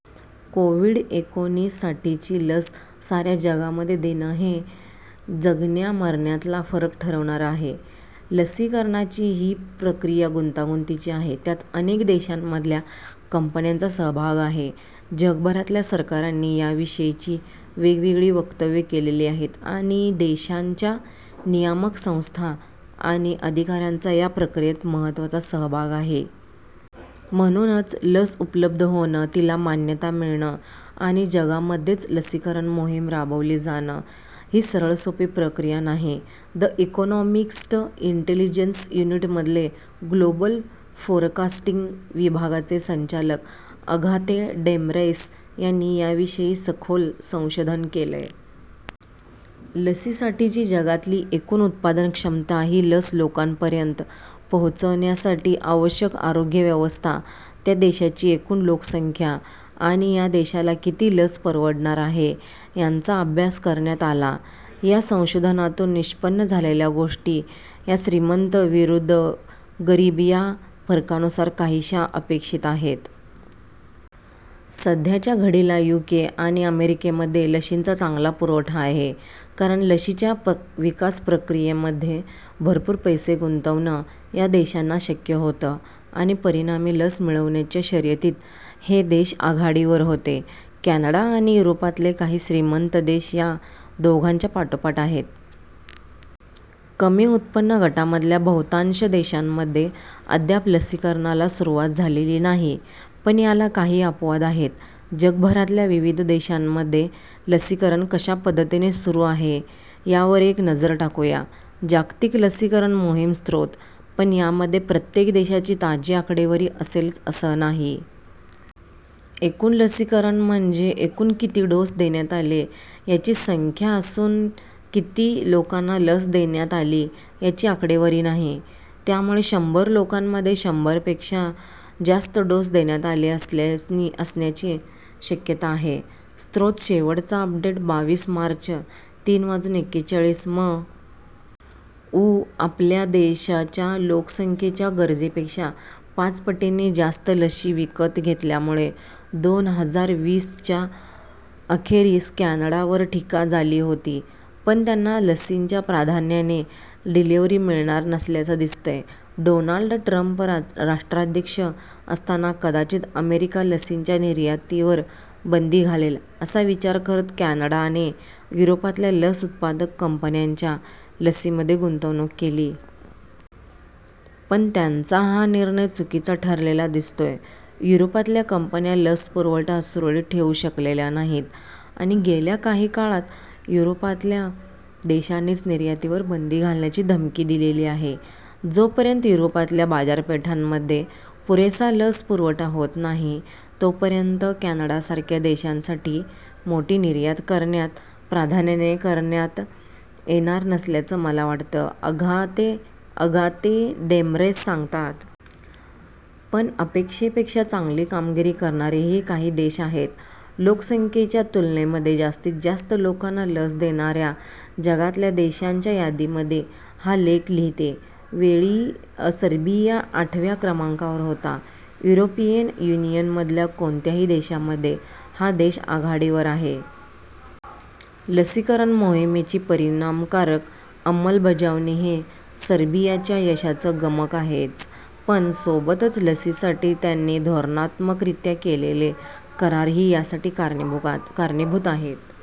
COVID एकोणीससाठीची लस साऱ्या जगामध्ये देणं हे जगण्या मरण्यातला फरक ठरवणारं आहे. लसीकरणाची ही प्रक्रिया गुंतागुंतीची आहे. त्यात अनेक देशांमधल्या कंपन्यांचा सहभाग आहे, जगभरातल्या सरकारांनी याविषयीची वेगवेगळी वक्तव्यं केलेली आहेत आणि देशांच्या नियामक संस्था आणि अधिकाऱ्यांचा या प्रक्रियेत महत्त्वाचा सहभाग आहे. म्हणूनच लस उपलब्ध होणं, तिला मान्यता मिळणं आणि जगामध्येच लसीकरण मोहीम राबवली जाणं, ही सरळसोपी प्रक्रिया नाही. द इकॉनिमिस्ट इंटेलिजन्स युनिट मधले ग्लोबल फोरकास्टिंग विभागाचे संचालक अगाथे डेमरैस यांनी याविषयी सखोल संशोधन केलंय. लसीसाठीची जगातली एकूण उत्पादन क्षमता, ही लस लोकांपर्यंत पोहोचण्यासाठी आवश्यक आरोग्यव्यवस्था, त्या देशाची एकूण लोकसंख्या आणि या देशाला किती लस परवडणार आहे यांचा अभ्यास करण्यात आला. या संशोधनातून निष्पन्न झालेल्या गोष्टी या श्रीमंत विरुद्ध गरीब या फरकानुसार काहीशा अपेक्षित आहेत. सध्याच्या घडीला युके आणि अमेरिकेमध्ये लशींचा चांगला पुरवठा आहे. कारण लशीच्या विकास प्रक्रियेमध्ये भरपूर पैसे गुंतवणं या देशांना शक्य होतं आणि परिणामी लस मिळवण्याच्या शर्यतीत हे देश आघाडीवर होते. कॅनडा आणि युरोपातले काही श्रीमंत देश या दोघांच्या पाठोपाठ आहेत. कमी उत्पन्न गटामधल्या बहुतांश देशांमध्ये अद्याप लसीकरणाला सुरुवात झालेली नाही. पण याला काही अपवाद आहेत. जगभरातल्या विविध देशांमध्ये लसीकरण कशा पद्धतीने सुरू आहे यावर एक नजर टाकूया. जागतिक लसीकरण मोहीम स्त्रोत,. पण यामध्ये प्रत्येक देशाची ताजी आकडेवारी असेलच असं नाही. एकूण लसीकरण म्हणजे एकूण किती डोस देण्यात आले याची संख्या असून किती लोकांना लस देण्यात आली याची आकडेवारी नाही. त्यामुळे शंभर लोकांमागे शंभरपेक्षा जास्त डोस देण्यात आले असण्याची शक्यता आहे. स्त्रोत,. शेवटचा अपडेट बावीस मार्च, तीन वाजून एक्केचाळीस म. उ. आपल्या देशाच्या लोकसंख्येच्या गरजेपेक्षा पाच पटींनी जास्त लशी विकत घेतल्यामुळे दोन हजार वीसच्या अखेरीस कॅनडावर टीका झाली होती. पण त्यांना लसींच्या प्राधान्याने डिलिव्हरी मिळणार नसल्याचं दिसतंय. डोनाल्ड ट्रंप राष्ट्राध्यक्ष असताना कदाचित अमेरिका लसींच्या निर्यातीवर बंदी घालेल असा विचार करत कॅनडाने युरोपातल्या लस उत्पादक कंपन्यांच्या लसीमध्ये गुंतवणूक केली. पण त्यांचा हा निर्णय चुकीचा ठरलेला दिसतोय. युरोपातल्या कंपन्या लस पुरवठा सुरळीत ठेवू शकलेल्या नाहीत आणि गेल्या काही काळात युरोपातल्या देशांनीच निर्यातीवर बंदी घालण्याची धमकी दिलेली आहे. जोपर्यंत युरोपातल्या बाजारपेठांमध्ये पुरेसा लस पुरवठा होत नाही, तोपर्यंत कॅनडासारख्या देशांसाठी मोठी निर्यात करण्यात प्राधान्याने करण्यात येणार नसल्याचं मला वाटतं, अगाथे डेमरैस सांगतात. पण अपेक्षेपेक्षा चांगली कामगिरी करणारेही काही देश आहेत. लोकसंख्येच्या तुलनेमध्ये जास्तीत जास्त लोकांना लस देणाऱ्या जगातल्या देशांच्या यादीमध्ये, हा लेख लिहीते वेळी सर्बिया आठव्या क्रमांकावर होता. युरोपियन युनियनमधल्या कोणत्याही देशापेक्षा हा देश आघाडीवर आहे. लसीकरण मोहीमेची परिणामकारक अंमलबजावणी हे सर्बियाच्या यशाचं गमक आहेच पण सोबतच लसीसाठी त्यांनी धोरणात्मकरित्या केलेले करारही यासाठी कारणीभूत आहेत.